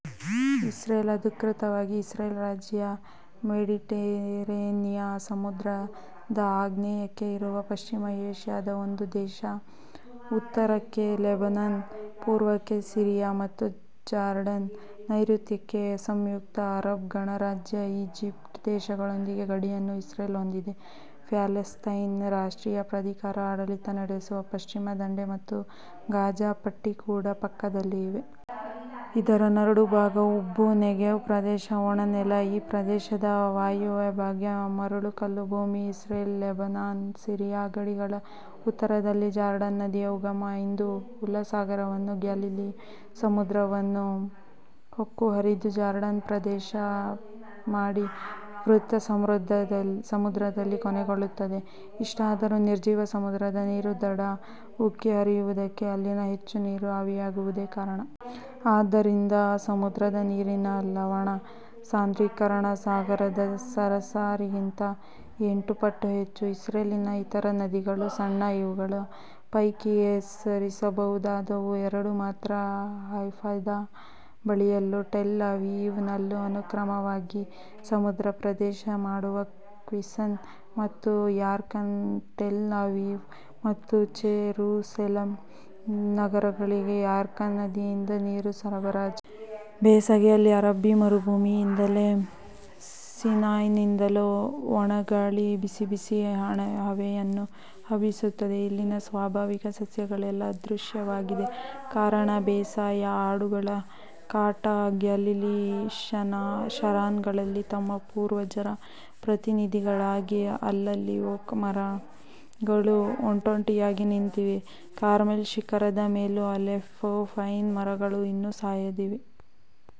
Israel, ಅಧಿಕೃತವಾಗಿ Israel ರಾಜ್ಯ, Mediterranean ಸಮುದ್ರ ದ ಆಗ್ನೇಯಕ್ಕೆ ಇರುವ ಪಶ್ಚಿಮ ಏಷ್ಯಾ ದ ಒಂದು ದೇಶ. ಉತ್ತರಕ್ಕೆ ಲೆಬನನ್, ಪೂರ್ವಕ್ಕೆ ಸಿರಿಯ ಮತ್ತು ಜಾರ್ಡನ್, ನೈರುತ್ಯಕ್ಕೆ ಸಂಯುಕ್ತ ಅರಬ್ ಗಣರಾಜ್ಯ ಈಜಿಪ್ಟ್ ದೇಶಗಳೊಂದಿಗೆ ಗಡಿಯನ್ನು ಇಸ್ರೇಲ್ ಹೊಂದಿದೆ. ಪ್ಯಾಲೆಸ್ತೈನ್ ರಾಷ್ಟ್ರೀಯ ಪ್ರಾಧಿಕಾರ ಆಡಳಿತ ನಡೆಸುವ ಪಶ್ಚಿಮ ದಂಡೆ ಮತ್ತು ಗಾಜಾ ಪಟ್ಟಿ ಕೂಡ ಪಕ್ಕದಲ್ಲಿ ಇವೆ. ಇದರ ನಡುಭಾಗ ಉಬ್ಬು. ನೆಗೆವ್ ಪ್ರದೇಶ ಒಣನೆಲ. ಈ ಪ್ರದೇಶದ ವಾಯವ್ಯಭಾಗ ಮರಳುಕಲ್ಲುಭೂಮಿ. ಇಸ್ರೇಲ್-ಲೆಬನಾನ್-ಸಿರಿಯ ಗಡಿಗಳ ಉತ್ತರದಲ್ಲಿ ಜಾರ್ಡನ್ ನದಿಯ ಉಗಮ. ಇದು ಹುಲ ಸಾಗರವನ್ನೂ ಗ್ಯಾಲಿಲೀ ಸಮುದ್ರವನ್ನು ಹೊಕ್ಕು ಹರಿದು, ಜಾರ್ಡನ್ ದೇಶ ಪ್ರದೇಶ ಮಾಡಿ, ವೃತ ಸಮುದ್ರದಲ್ಲಿ ಕೊನೆಗೊಳ್ಳುತ್ತದೆ. ಇಷ್ಟಾದರೂ ನಿರ್ಜೀವ ಸಮುದ್ರದ ನೀರು ದಡ ಉಕ್ಕಿ ಹರಿಯದಿರುವುದಕ್ಕೆ ಅಲ್ಲಿನ ಹೆಚ್ಚು ನೀರು ಆವಿಯಾಗುವುದೇ ಕಾರಣ. ಆದ್ದರಿಂದ ಆ ಸಮುದ್ರದ ನೀರಿನ ಲವಣ ಸಾಂದ್ರೀಕರಣ ಸಾಗರದ ಸರಾಸರಿಗಿಂತ ಎಂಟು ಪಟ್ಟು ಹೆಚ್ಚು. ಇಸ್ರೇಲಿನ ಇತರ ನದಿಗಳು ಸಣ್ಣ. ಇವುಗಳ ಪೈಕಿ ಹೆಸರಿಸಬಹುದಾದವು ಎರಡು ಮಾತ್ರ: ಹೈಫದ ಬಳಿಯಲ್ಲೂ ಟೆಲ್ ಅವೀವ್ ನಲ್ಲೂ ಅನುಕ್ರಮವಾಗಿ ಸಮುದ್ರ ಪ್ರವೇಶ ಮಾಡುವ ಕ್ವಿಸನ್ ಮತ್ತು ಯಾರ್ಕನ್. ಟೆಲ್ ಅವೀವ್ ಮತ್ತು ಚೆರೂಸಲೆಂ ನಗರಗಳಿಗೆ ಯಾರ್ಕನ್ ನದಿಯಿಂದ ನೀರು ಸರಬರಾಜು. ಬೇಸಗೆಯಲ್ಲಿ ಅರಬ್ಬೀ ಮರುಭೂಮಿಯಿಂದಲೋ ಸಿನಾಯ್ನಿಂದಲೋ ಒಣಗಾಳಿ ಬಿಸಿ ಬಿಸಿ ಹವೆಯನ್ನು ಹಬ್ಬಿಸುತ್ತದೆ. ಇಲ್ಲಿನ ಸ್ವಾಭಾವಿಕ ಸಸ್ಯಗಳೆಲ್ಲ ಅದೃಶ್ಯವಾಗಿದೆ. ಕಾರಣ ಬೇಸಾಯ, ಆಡುಗಳ ಕಾಟ, ಗ್ಯಾಲಿಲಿ, ಷರಾನ್ಗಳಲ್ಲಿ ತಮ್ಮ ಪೂರ್ವಜರ ಪ್ರತಿ ನಿಧಿಗಳಾಗಿ ಅಲ್ಲಲ್ಲಿ ಓಕ್ ಮರಗಳು ಒಂಟೊಂಟಿಯಾಗಿ ನಿಂತಿವೆ. ಕಾರ್ಮೆಲ್ ಶಿಖರದ ಮೇಲೆ ಅಲೆಪ್ಪೊ ಪೈನ್ ಮರಗಳು ಇನ್ನೂ ಸಾಯದಿವೆ.